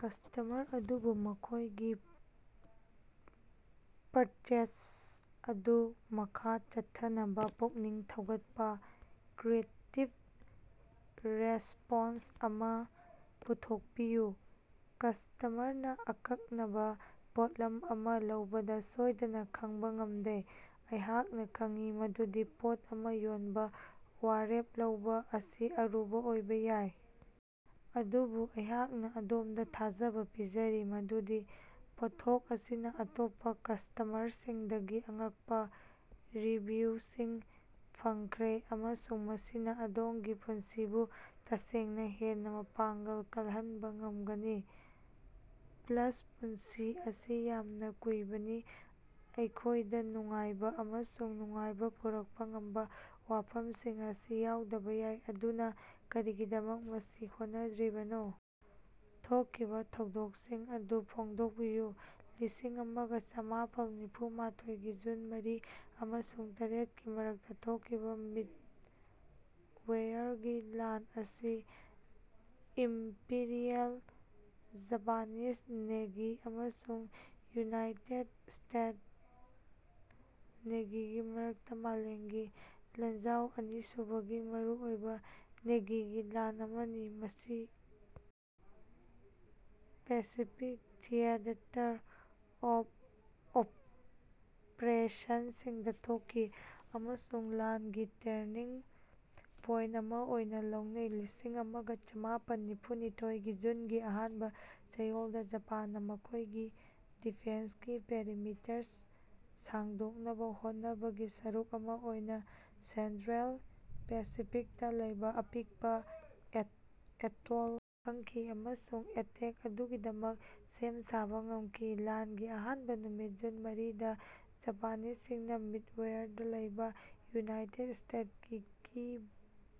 Customer ꯑꯗꯨꯕꯨ ꯃꯈꯣꯏꯒꯤ purchase ꯑꯗꯨ ꯃꯈꯥ ꯆꯠꯊꯅꯕ ꯄꯨꯛꯅꯤꯡ ꯊꯧꯒꯠꯄ ꯀ꯭ꯔꯤꯌꯦꯇꯤꯕ ꯔꯦꯁꯄꯣꯟꯁ ꯑꯃ ꯄꯨꯊꯣꯛꯄꯤꯌꯨ꯫ ꯀꯁ꯭ꯇꯃꯔꯅ ꯑꯀꯛꯅꯕ ꯄꯣꯠꯂꯝ ꯑꯃ ꯂꯧꯕꯗ ꯁꯣꯏꯗꯅ ꯈꯪꯕ ꯉꯝꯗꯦ꯫ ꯑꯩꯍꯥꯛꯅ ꯈꯪꯏ ꯃꯗꯨꯗꯤ ꯄꯣꯠ ꯑꯃ ꯌꯣꯟꯕ‌ ꯋꯥꯔꯦꯞ ꯂꯧꯕ ꯑꯁꯤ ꯑꯔꯨꯕ ꯑꯣꯏꯕ ꯌꯥꯏ, ꯑꯗꯨꯕꯨ ꯑꯩꯍꯥꯛꯅ ꯑꯗꯣꯝꯗ ꯊꯥꯖꯕ ꯄꯤꯖꯔꯤ ꯃꯗꯨꯗꯤ ꯄꯣꯠꯊꯣꯛ ꯑꯁꯤꯅ ꯑꯇꯣꯞꯄ ꯀꯁ꯭ꯇꯃꯔꯁꯤꯡꯗꯒꯤ ꯑꯉꯛꯄ ꯔꯤꯚ꯭ꯌꯨꯁꯤꯡ ꯐꯪꯈ꯭ꯔꯦ ꯑꯃꯁꯨꯡ ꯃꯁꯤꯅ ꯑꯗꯣꯝꯒꯤ ꯄꯨꯟꯁꯤꯕꯨ ꯇꯁꯦꯡꯅ ꯍꯦꯟꯅ ꯃꯄꯥꯡꯒꯜ ꯀꯜꯍꯟꯕ ꯉꯝꯒꯅꯤ꯫ ꯄ꯭ꯂꯥꯁ, ꯄꯨꯟꯁꯤ ꯑꯁꯤ ꯌꯥꯝꯅ ꯀꯨꯏꯕꯅꯤ, ꯑꯩꯈꯣꯏꯗ ꯅꯨꯡꯉꯥꯏꯕ ꯑꯃꯁꯨꯡ ꯅꯨꯡꯉꯥꯏꯕ ꯄꯨꯔꯛꯄ ꯉꯝꯕ ꯋꯥꯐꯝꯁꯤꯡ ꯑꯁꯤ ꯌꯥꯎꯗꯕ ꯌꯥꯏ, ꯑꯗꯨꯅ ꯀꯔꯤꯒꯤꯗꯃꯛ ꯃꯁꯤ ꯍꯣꯠꯅꯗ꯭ꯔꯤꯕꯅꯣ? ꯊꯣꯛꯈꯤꯕ ꯊꯧꯗꯣꯛꯁꯤꯡ ꯑꯗꯨ ꯐꯣꯡꯗꯣꯛꯄꯤꯌꯨ꯫ ꯂꯤꯁꯤꯡ ꯑꯃꯒ ꯆꯃꯥꯄꯜ ꯅꯤꯐꯨꯅꯤꯊꯣꯏꯒꯤ ꯖꯨꯟ ꯃꯔꯤ ꯑꯃꯁꯨꯡ ꯇꯔꯦꯠꯀꯤ ꯃꯔꯛꯇ ꯊꯣꯛꯈꯤꯕ ꯃꯤꯗꯋꯦꯌꯔꯒꯤ ꯂꯥꯟ ꯑꯁꯤ ꯏꯝꯄꯤꯔꯤꯑꯦꯜ ꯖꯄꯥꯅꯤꯖ ꯅꯦꯚꯤ ꯑꯃꯁꯨꯡ ꯌꯨꯅꯥꯏꯇꯦꯗ ꯁ꯭ꯇꯦꯠ ꯅꯦꯚꯤꯒꯤ ꯃꯔꯛꯇ ꯃꯥꯂꯦꯝꯒꯤ ꯂꯥꯟꯖꯥꯎ ꯑꯅꯤꯁꯨꯕꯒꯤ ꯃꯔꯨꯑꯣꯏꯕ ꯅꯦꯚꯤꯒꯤ ꯂꯥꯟ ꯑꯃꯅꯤ꯫ ꯃꯁꯤ ꯄꯦꯁꯤꯐꯤꯛ ꯊꯤꯌꯦꯇꯔ ꯑꯣꯐ ꯑꯣꯄ꯭ꯔꯦꯁꯟꯁꯤꯡꯗ ꯊꯣꯛꯈꯤ, ꯑꯃꯁꯨꯡ ꯂꯥꯟꯒꯤ ꯇꯦꯔꯅꯤꯡ ꯄꯣꯏꯟꯇ ꯑꯃ ꯑꯣꯏꯅ ꯂꯧꯅꯩ꯫ ꯂꯤꯁꯤꯡ ꯑꯃꯒ ꯆꯃꯥꯄꯜ ꯅꯤꯐꯨꯅꯤꯊꯣꯏꯒꯤ ꯖꯨꯟꯒꯤ ꯑꯍꯥꯟꯕ ꯆꯌꯣꯜꯗ ꯖꯄꯥꯟꯅ‌ ꯃꯈꯣꯏꯒꯤ ꯗꯤꯐꯦꯟꯁꯀꯤ ꯄꯦꯔꯤꯃꯤꯇꯔ ꯁꯥꯡꯗꯣꯛꯅꯕ ꯍꯣꯠꯅꯕꯒꯤ ꯁꯔꯨꯛ ꯑꯃ ꯑꯣꯏꯅ ꯁꯦꯟꯇ꯭ꯔꯦꯜ ꯄꯦꯁꯤꯐꯤꯛꯇ ꯂꯩꯕ ꯑꯄꯤꯛꯄ‌ ꯑꯦꯇꯣꯜ ꯈꯪꯈꯤ ꯑꯃꯁꯨꯡ ꯑꯦꯇꯦꯛꯇ ꯑꯗꯨꯒꯤꯗꯃꯛ ꯁꯦꯝ ꯁꯥꯕ ꯉꯝꯈꯤ꯫ ꯂꯥꯟꯒꯤ ꯑꯍꯥꯟꯕ ꯅꯨꯃꯤꯠ ꯖꯨꯟ ꯃꯔꯤ ꯗꯥ ꯖꯄꯥꯅꯤꯖꯁꯤꯡꯅ ꯃꯤꯗꯋꯦꯌꯔꯗꯥ ꯂꯩꯕ ꯌꯨꯅꯥꯏꯇꯦꯗ ꯁ꯭ꯇꯦꯇꯁꯀꯤ ꯀꯤ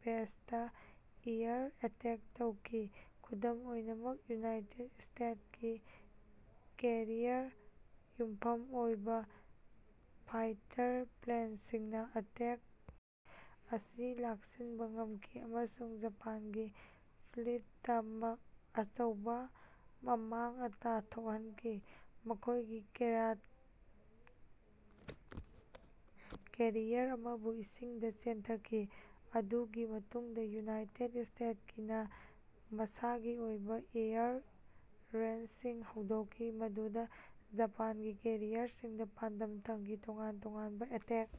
ꯕꯦꯖꯗꯥ ꯑꯦꯌꯔ ꯑꯦꯇꯦꯛ ꯇꯧꯈꯤ꯫ ꯑꯗꯨꯝ ꯑꯣꯏꯅꯃꯛ ꯌꯨꯅꯥꯏꯇꯦꯗ ꯁ꯭ꯇꯦꯇꯁꯀꯤ ꯀꯦꯔꯤꯌꯔ ꯌꯨꯝꯐꯝ ꯑꯣꯏꯕ ꯐꯥꯏꯇꯔ ꯄ꯭ꯂꯦꯟꯁꯤꯡꯅ ꯑꯦꯇꯦꯛ ꯑꯁꯤ ꯂꯥꯛꯁꯤꯟꯕ ꯉꯝꯈꯤ ꯑꯃꯁꯨꯡ ꯖꯄꯥꯟꯒꯤ ꯐ꯭ꯂꯤꯠꯇꯥ ꯃꯥ ꯑꯆꯧꯕ ꯑꯃꯥꯡ ꯑꯇꯥ ꯊꯣꯛꯍꯟꯈꯤ, ꯃꯈꯣꯏꯒꯤ ꯀꯦꯌꯥꯠ ꯀꯦꯔꯤꯌꯔ ꯑꯃꯕꯨ ꯏꯁꯤꯡꯗ ꯆꯦꯟꯊꯈꯤ꯫ ꯑꯗꯨꯒꯤ ꯃꯇꯨꯡꯗꯥ ꯌꯨꯅꯥꯏꯇꯦꯗ ꯁ꯭ꯇꯦꯇꯁꯀꯤ ꯅ ꯃꯁꯥꯒꯤ ꯑꯣꯏꯕ ꯑꯦꯌꯔ ꯔꯦꯏꯗꯁꯤꯡ ꯍꯧꯗꯣꯛꯈꯤ, ꯃꯗꯨꯗ ꯖꯄꯥꯟꯒꯤ ꯀꯦꯔꯤꯌꯔꯁꯤꯡꯗ ꯄꯥꯟꯗꯝ ꯊꯝꯈꯤ꯫ ꯇꯣꯉꯥꯟ ꯇꯣꯉꯥꯟꯕ ꯑꯦꯇꯦꯛꯇ